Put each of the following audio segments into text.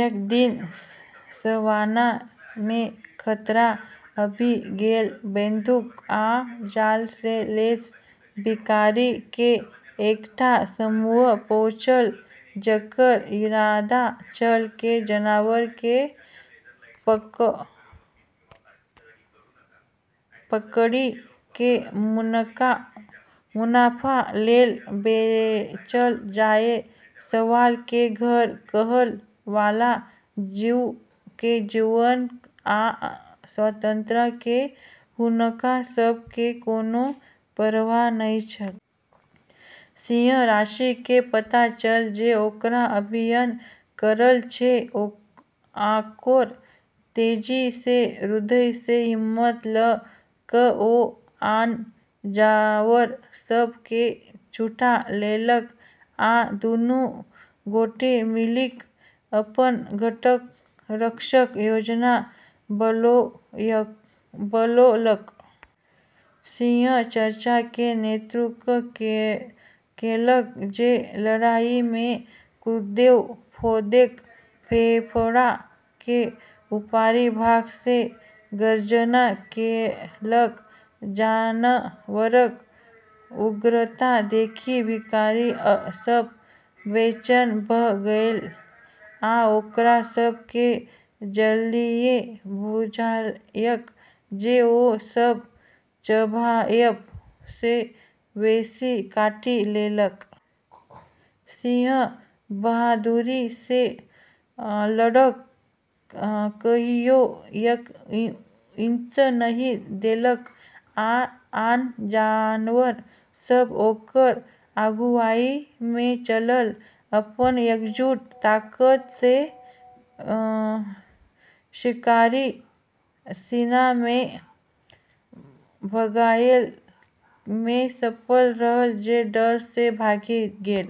एक दिन सवाना मे खतरा आबि गेल। बंदूक आ जाल सँ लैस शिकारी के एकटा समूह पहुँचल, जेकर इरादा छल जे जानवर केँ पकड़ि क' मुनाफा लेल बेचल जाए। सवाना केँ घर कहय वाला जीव के जीवन आ स्वतंत्रता के हुनका सब के कोनो परवाह नहि छल। सिंह राशि केँ पता छल जे ओकरा अभिनय करय छै, आओर तेजी सँ। हृदय मे हिम्मत ल' क' ओ आन जानवर सभ केँ जुटा लेलक, आ दुनू गोटे मिलिक' अपन घरक रक्षाक योजना बनौलक। सिंह चार्ज के नेतृत्व केलक, जे लड़ाई मे कूदैत-फांदैत फेफड़ा के ऊपरी भाग सँ गर्जना केलक। जानवरक उग्रता देखि शिकारी सभ बेचैन भ' गेल, आ ओकरा सभ केँ जल्दिये बुझायल जे ओ सभ चबाएब सँ बेसी काटि लेलक। सिंह बहादुरी सँ लड़ल, कहियो एक इंच नहि देलक, आ आन जानवर सभ ओकर अगुवाई मे चलल। अपन एकजुट ताकत सँ शिकारी सिनी केँ भगाएब मे सफल रहल, जे डर सँ भागि गेल।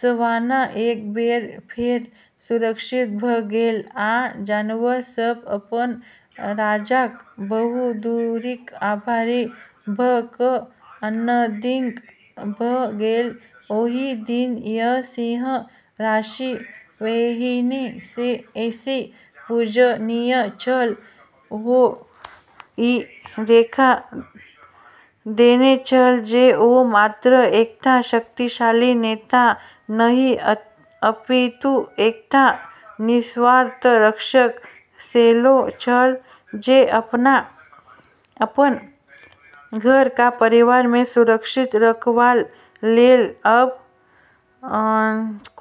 सवाना एक बेर फेर सुरक्षित भ' गेल, आ जानवर सभ अपन राजाक बहादुरीक आभारी भ' क' आनन्दित भ' गेल। ओहि दिन सँ सिंह राशि पहिने सँ बेसी पूजनीय छल। ओ ई देखा देने छल जे ओ मात्र एकटा शक्तिशाली नेता नहि, अपितु एकटा निस्वार्थ रक्षक सेहो छल, जे अपन घर आ परिवार केँ सुरक्षित रखबाक लेल सब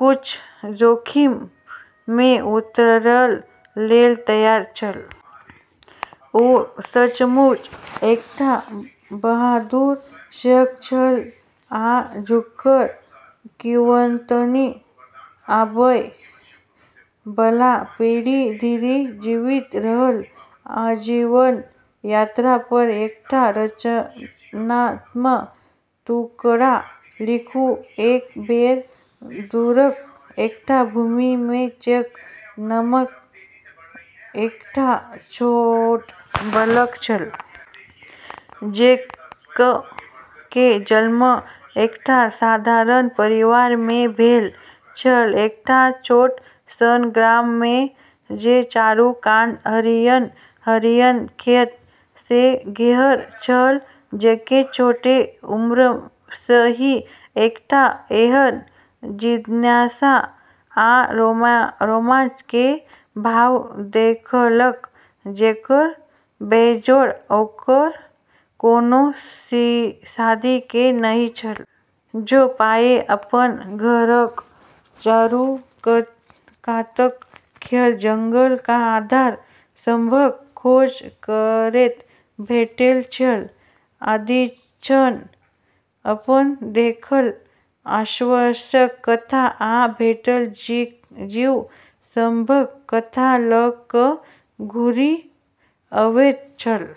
किछु जोखिम मे उतारय लेल तैयार छल। ओ सचमुच एकटा बहादुर शेर छल, आ हुनकर किंवदंती आबय बला पीढ़ी धरि जीवित रहल। आजीवन यात्रा पर एकटा रचनात्मक टुकड़ा लिखू। एक बेर दूरक एकटा भूमि मे जैक नामक एकटा छोट बालक छल। जैक के जन्म एकटा साधारण परिवार मे भेल छल, एकटा छोट सन गाम मे जे चारू कात हरियर-हरियर खेत सँ घेरल छल। जैक छोट उम्र सँ ही एकटा एहन जिज्ञासा आ रोमांच के भाव देखौलक जेकर बेजोड़ ओकर कोनो साथी के नहि छल। ओ प्रायः अपन घरक चारूकातक खेत, जंगल आ धार सभक खोज करैत भेटैत छल, सदिखन अपन देखल आश्चर्यक कथा, आ भेटल जीव सभक कथा ल' क' घुरि अबैत छल।